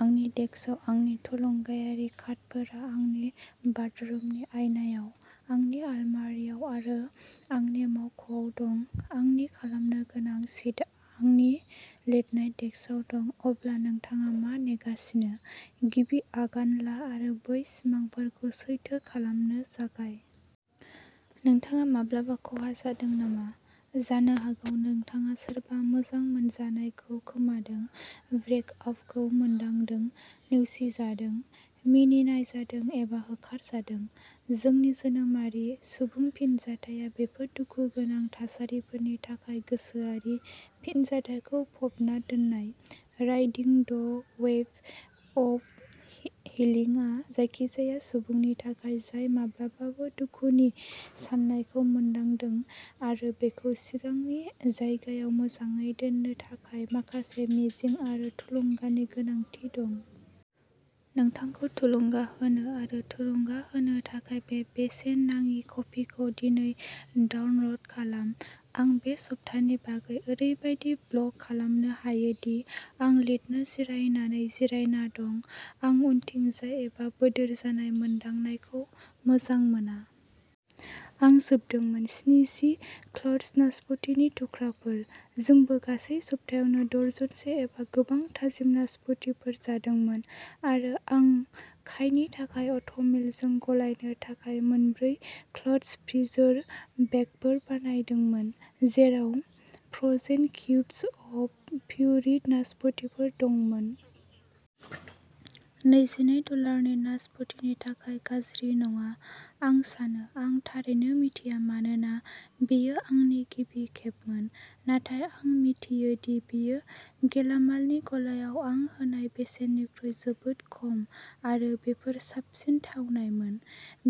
आंनि डेस्कआव आंनि थुलुंगायारि कार्डफोरा आंनि बाथरुमनि आयनाआव, आंनि आलमारिआव आरो आंनि मावख'आव दं। आंनि "खालामनो गोनां" शीटआ आंनि लिरनाय डेस्कआव दं। अब्ला नोंथाङा मा नेगासिनो? गिबि आगान ला आरो बै सिमांफोरखौ सैथो खालामनो जागाय। नोंथाङा माब्लाबा खहा जादों नामा? जानो हागौ नोंथाङा सोरबा मोजां मोनजानायखौ खोमादों, ब्रेक-आपखौ मोनदांदों, नेवसिजादों, मिनिनाय जादों एबा होखारजादों। जोंनि जोनोमारि, सुबुं फिनजाथाया बेफोर दुखुगोनां थासारिफोरनि थाखाय गोसोआरि फिनजाथायखौ फबना दोननाय। "Riding the wave of healing" आ जायखिजाया सुबुंनि थाखाय जाय माब्लाबाबो दुखुनि सानायखौ मोनदांदों आरो बेखौ सिगांनि जायगायाव मोजाङै दोननो थाखाय माखासे मिजिं आरो थुलुंगानि गोनांथि दं। नोंथांखौ थुलुंगा होनो आरो थुलुंगा होनो थाखाय बे बेसेन नाङि कपिखौ दिनै डाउनल'ड खालाम। आं बे सप्तानि बागै ओरैबादि ब्लग खालामनो हायो दि आं लिरनो जिरायनानै जिरायना दं। आं उनथिंजाय एबा बोदोर जानाय मोनदांनायखौ मोजां मोना। आं जोबदोंमोन। जिस्नि क्वार्ट्स नासपतिनि थुख्राफोर। जोंबो गासै सप्तायावनो दर्जनसे एबा गोबां थाजिम नासपतिफोर जादोंमोन आरो आं काइनि थाखाय अ'टमिलजों गलायनो थाखाय मोनब्रै क्वार्ट्स फ्रिजार बेगफोर बानायदोंमोन, जेराव फ्र'जेन किउब्स अफ प्युरिद नासपतिफोर दंमोन। नैजिनै डलारनि नासपतिनि थाखाय गाज्रि नङा। आं सानो आं थारैनो मिन्थिया मानोना बेयो आंनि गिबि खेबमोन, नाथाय आं मिथियो दि बेयो गेलामालनि गलायाव आं होनाय बेसेननिख्रुइ जोबोद खम आरो बेफोर साबसिन थावनायमोन।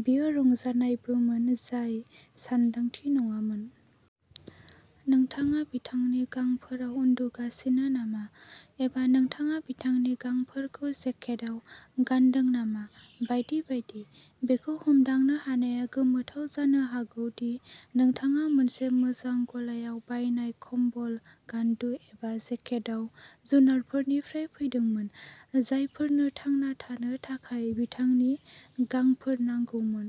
बेयो रंजानायबोमोन, जाय सानदांथि नङामोन। नोंथाङा बिथांनि गांफोराव उन्दुगासिनो नामा? एबा नोंथाङा बिथांनि गांफोरखौ जेकेटआव गानदों नामा, बायदि बायदि। बेखौ हमदांनो हानाया गोमोथाव जानो हागौ दि नोंथाङा मोनसे मोजां गलायाव बायनाय कम्बल, गान्दु एबा जेकेटआ जुनारफोरनिफ्राय फैदोंमोन, जायफोरनो थांना थानो थाखाय बिथांनि गांफोर नांगौमोन।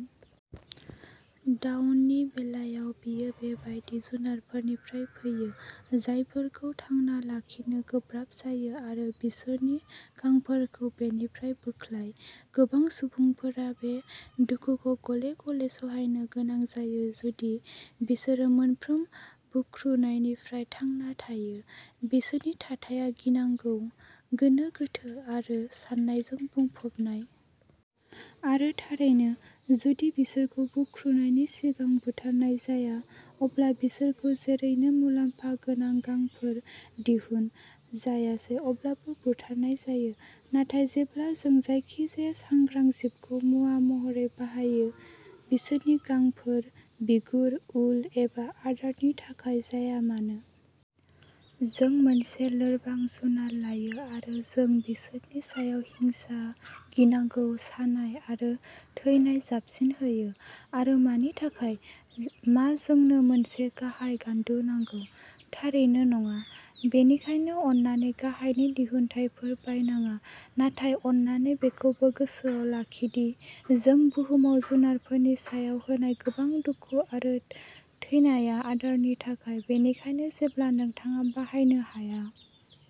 "डाउन" नि बेलायाव, बेयो बेबादि जुनारफोरनिफ्राय फैयो, जायफोरखौ थांना लाखिनो गोब्राब जायो आरो बिसोरनि गांफोरखौ बेनिफ्राय बोख्लाय, गोबां सुबुंफोरा बे दुखुखौ गले-गले सहायनो गोनां जायो जुदि बिसोरो मोनफ्रोम बुख्रुनायनिफ्राय थांना थायो। बिसोरनि थाथाया गिनांगौ, गोनो-गोथो आरो सानायजों बुंफबनाय। आरो थारैनो, जुदि बिसोरखौ बुख्रिनायनि सिगां बुथारनाय जाया, अब्ला बिसोरखौ जेरैनो मुलाम्फा गोनां गांफोर "दिहुन" जायासै अब्लानो बुथारनाय जायो। नाथाय जेब्ला जों जायखिजाया सांग्रां जिबखौ मुवा महरै बाहायो, बिसोरनि गांफोर, बिगुर, उल एबा आदारनि थाखाय जाया मानो। जों मोनसे लोरबां जुनार लायो आरो जों बिसोरनि सायाव हिंसा, गिनांगौ, सानाय आरो थैनाय जाबसिनहोयो। आरो, मानि थाखाय? मा जोंनो मोनसे गाहायनि गान्दु नांगौ? थारैनो नङा। बेनिखायनो, अन्नानै गाहायनि दिहुनथायफोर बायनाङा। नाथाय अन्नानै बेखौबो गोसोआव लाखि दि जों बुहुमाव जुनारफोरनि सायाव होनाय गोबां दुखु आरो थैनाया आदारनि थाखाय। बेनिखायनो जेब्ला नोंथाङा बाहायनो हाया।